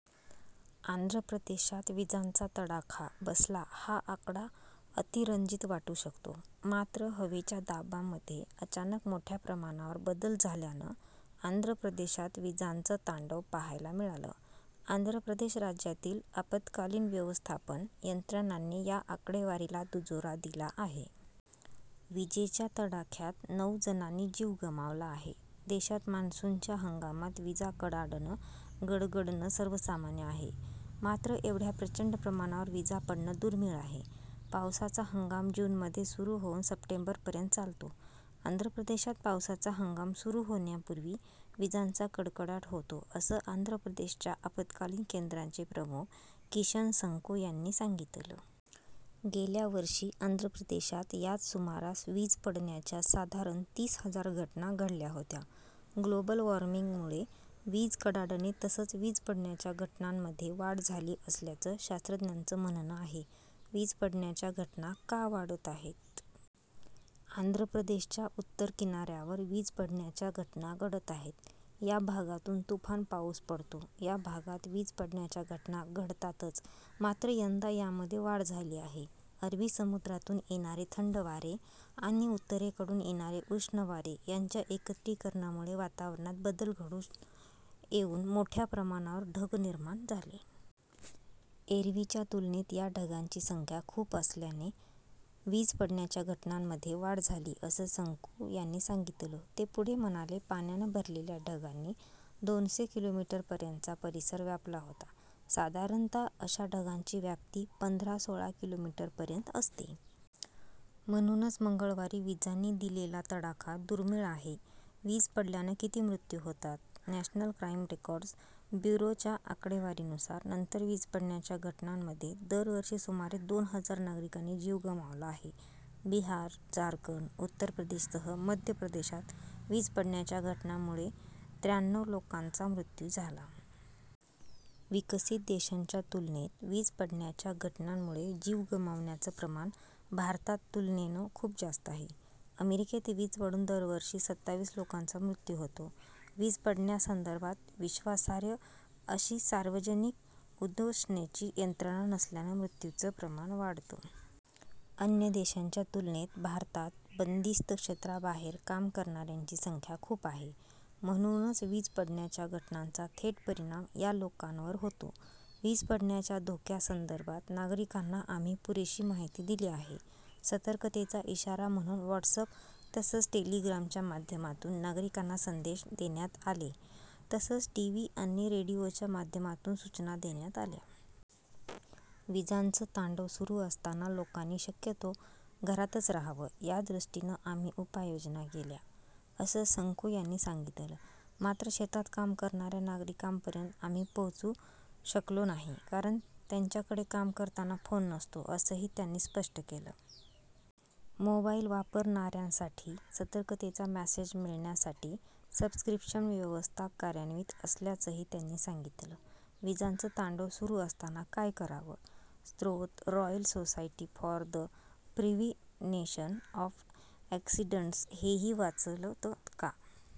आंध्र प्रदेशात विजांचा तडाखा बसला हा आकडा अतिरंजित वाटू शकतो, मात्र हवेच्या दाबांमध्ये अचानक मोठ्या प्रमाणावर बदल झाल्यानं आंध्र प्रदेशात विजांचं तांडव पाहायला मिळालं. आंध्र प्रदेश राज्यातील आपत्कालीन व्यवस्थापन यंत्रणांनी या आकडेवारीला दुजोरा दिला आहे. विजेच्या तडाख्यात नऊजणांनी जीव गमावला आहे. देशात मान्सूनच्या हंगामात विजा कडाडणं, गडगडणं सर्वसामान्य आहे, मात्र एवढ्या प्रचंड प्रमाणावर विजा पडणं दुर्मीळ आहे. पावसाचा हंगाम जूनमध्ये सुरू होऊन सप्टेंबरपर्यंत चालतो. आंध्र प्रदेशात पावसाचा हंगाम सुरू होण्यापूर्वी विजांचा कडकडाट होतो असं आंध्र प्रदेशच्या आपत्कालीन केंद्राचे प्रमुख किशन संकू यांनी सांगितलं. गेल्या वर्षी आंध्र प्रदेशात याच सुमारास वीज पडण्याच्या साधारण तीस हजार घटना घडल्या होत्या. ग्लोबल वॉर्मिंगमुळे वीज कडाडणे तसंच वीज पडण्याच्या घटनांमध्ये वाढ झाली असल्याचं शास्त्रज्ञांचं म्हणणं आहे. वीज पडण्याच्या घटना का वाढत आहेत? आंध्र प्रदेशच्या उत्तर किनाऱ्यावर वीज पडण्याच्या घटना घडत आहेत. या भागातून तुफान पाऊस पडतो. या भागात वीज पडण्याच्या घटना घडतातच मात्र यंदा यामध्ये वाढ झाली आहे. अरबी समुद्रातून येणारे थंड वारे आणि उत्तरेकडून येणारे उष्ण वारे यांच्या एकत्रीकरणामुळे वातावरणात बदल घडून येऊन मोठ्य़ा प्रमाणावर ढग निर्माण झाले. एरव्हीच्या तुलनेत या ढगांची संख्या खूप असल्याने वीज पडण्याच्या घटनांमध्ये वाढ झाली असं संकू यांनी सांगितलं. ते पुढे म्हणाले पाण्यानं भरलेल्या ढगांनी दोनसे किलोमीटरपर्यंतचा परिसर व्यापला होता. साधारणत: अशा ढगांची व्याप्ती पंधरा -सोळा किलोमीटरपर्यंत असते. म्हणूनच मंगळवारी विजांनी दिलेला तडाखा दुर्मीळ आहे. वीज पडल्यानं किती मृत्यू होतात? नॅशनल क्राइम रेकॉर्ड्स ब्युरोच्या आकडेवारीनुसार, नंतर वीज पडण्याच्या घटनांमध्ये दरवर्षी सुमारे दोन हजार नागरिकांनी जीव गमावला आहे. बिहार, झारखंड, उत्तर प्रदेशसह मध्य प्रदेशात वीज पडण्याच्या घटनांमुळे त्र्याण्णव लोकांचा मृत्यू झाला. विकसित देशांच्या तुलनेत वीज पडण्याच्या घटनांमुळे जीव गमावण्याचं प्रमाण भारतात तुलनेनं खूप जास्त आहे. अमेरिकेत वीज पडून दरवर्षी सताविस लोकांचा मृत्यू होतो. वीज पडण्यासंदर्भात विश्वासार्ह अशी सार्वजनिक उद्घोषणेची यंत्रणा नसल्यानं मृत्यूचं प्रमाण वाढतं. अन्य देशांच्या तुलनेत, भारतात बंदिस्त क्षेत्राबाहेर काम करणाऱ्यांची संख्या खूप आहे. म्हणूनच वीज पडण्याच्या घटनांचा थेट परिणाम या लोकांवर होतो. वीज पडण्याच्या धोक्यासंदर्भात नागरिकांना आम्ही पुरेशी माहिती दिली आहे. सतर्कतेचा इशारा म्हणून व्हॉट्सअप तसंच टेलिग्रामच्या माध्यमातून नागरिकांना संदेश देण्यात आले तसंच टीव्ही आणि रेडिओच्या माध्यमातून सूचना देण्यात आल्या. विजांचं तांडव सुरू असताना लोकांनी शक्यतो घरातच राहावं यादृष्टीनं आम्ही उपाययोजना केल्या, असं संकू यांनी सांगितलं. मात्र शेतात काम करणाऱ्या नागरिकांपर्यंत आम्ही पोहोचू शकलो नाही, कारण त्यांच्याकडे काम करताना फोन नसतो असंही त्यांनी स्पष्ट केलं. मोबाइल वापरणाऱ्यांसाठी सतर्कतेचा मेसेज मिळण्यासाठी सबस्क्रिप्शन व्यवस्था कार्यान्वित असल्याचंही त्यांनी सांगितलं. विजांचं तांडव सुरू असताना काय करावं? स्रोत- Royal Society for the Prevention of Accidents हेही वाचलंत का?